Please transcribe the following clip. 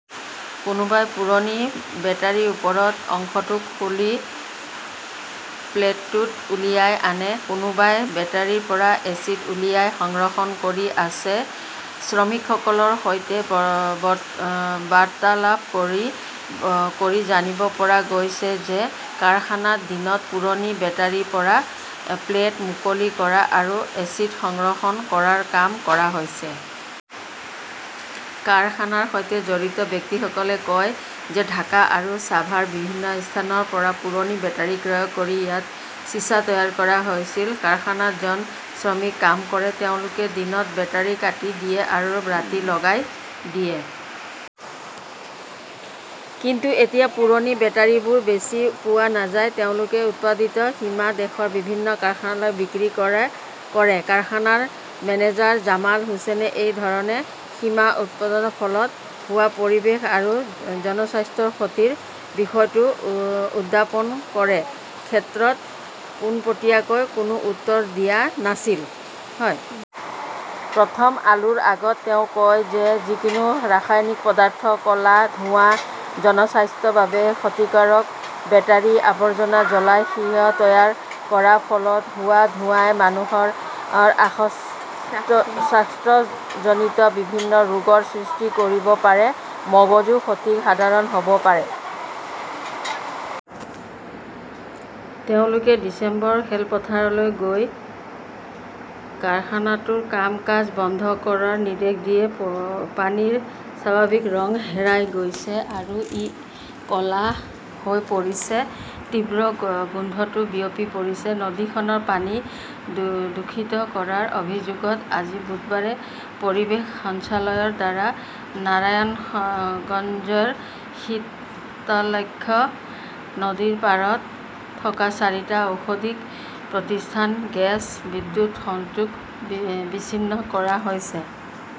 কোনোবাই পুৰণি বেটাৰীৰ ওপৰৰ অংশটো খুলি প্লেটটো উলিয়াই আনে। কোনোবাই বেটাৰিৰ পৰা এচিড উলিয়াই সংৰক্ষণ কৰি আছে। শ্ৰমিকসকলৰ সৈতে ব বাৰ্তালাপ কৰি জানিব পৰা গৈছে যে, কাৰখানাত দিনত পুৰণি বেটাৰিৰ পৰা প্লেট মুকলি কৰা আৰু এচিড সংৰক্ষণ কৰাৰ কাম কৰা হৈছিল। কাৰখানাৰ সৈতে জড়িত ব্যক্তিসকলে কয় যে ঢাকা আৰু ছাভাৰৰ বিভিন্ন স্থানৰ পৰা পুৰণি বেটাৰী ক্ৰয় কৰি ইয়াত চিছা তৈয়াৰ কৰা হৈছিল। কাৰখানাত জন শ্ৰমিক কাম কৰে। তেওঁলোকে দিনত বেটাৰি কাটি দিয়ে আৰু ৰাতি গলাই দিয়ে। কিন্তু এতিয়া পুৰণি বেটাৰিবোৰ বেছি পোৱা নাযায়। তেওঁলোকে উৎপাদিত সীসা দেশৰ বিভিন্ন কাৰখানালৈ বিক্ৰী কৰে কৰে। কাৰখানাৰ মেনেজাৰ জামাল হুচেইনে এই ধৰণে সীসা উৎপাদনৰ ফলত হোৱা পৰিৱেশ আৰু জনস্বাস্থ্যৰ ক্ষতিৰ বিষয়টো উত্থাপন কৰে ক্ষেত্ৰত পোনপটীয়াকৈ কোনো উত্তৰ দিয়া নাছিল। প্ৰথম আলোৰ আগত তেওঁ কয় যে, যিকোনো ৰাসায়নিক পদাৰ্থৰ ক 'লা ধোঁৱাই জনস্বাস্থ্যৰ বাবে ক্ষতিকাৰক। বেটাৰীৰ আৱৰ্জনা জ্বলাই সীহ তৈয়াৰ কৰাৰ ফলত হোৱা ধোঁৱাই মানুহৰ শ্বাসকষ্টজনিত বিভিন্ন ৰোগৰ সৃষ্টি কৰিব পাৰে। মগজুৰ ক্ষতি সাধাৰণ হ'ব পাৰে। তেওঁলোকে ডিচেম্বৰত খেলপথাৰলৈ গৈ কাৰখানাটোৰ কাম-কাজ বন্ধ কৰাৰ নিৰ্দেশ দিয়ে। পানীৰ স্বাভাৱিক ৰং হেৰাই গৈছে আৰু ই ক 'লা হৈ পৰিছে। তীব্ৰ গোন্ধটো বিয়পি পৰিছে। নদীখনৰ পানী দূষিত কৰাৰ অভিযোগত আজি বুধবাৰে পৰিৱেশ সঞ্চালকালয়ৰ দ্বাৰা নাৰায়ণগঞ্জৰ শীতলাক্ষ্যা নদীৰ পাৰত থকা চাৰিটা ঔদ্যোগিক প্ৰতিষ্ঠানৰ গেছ, বিদ্যুৎ সংযোগ বিচ্ছিন্ন কৰা হৈছে।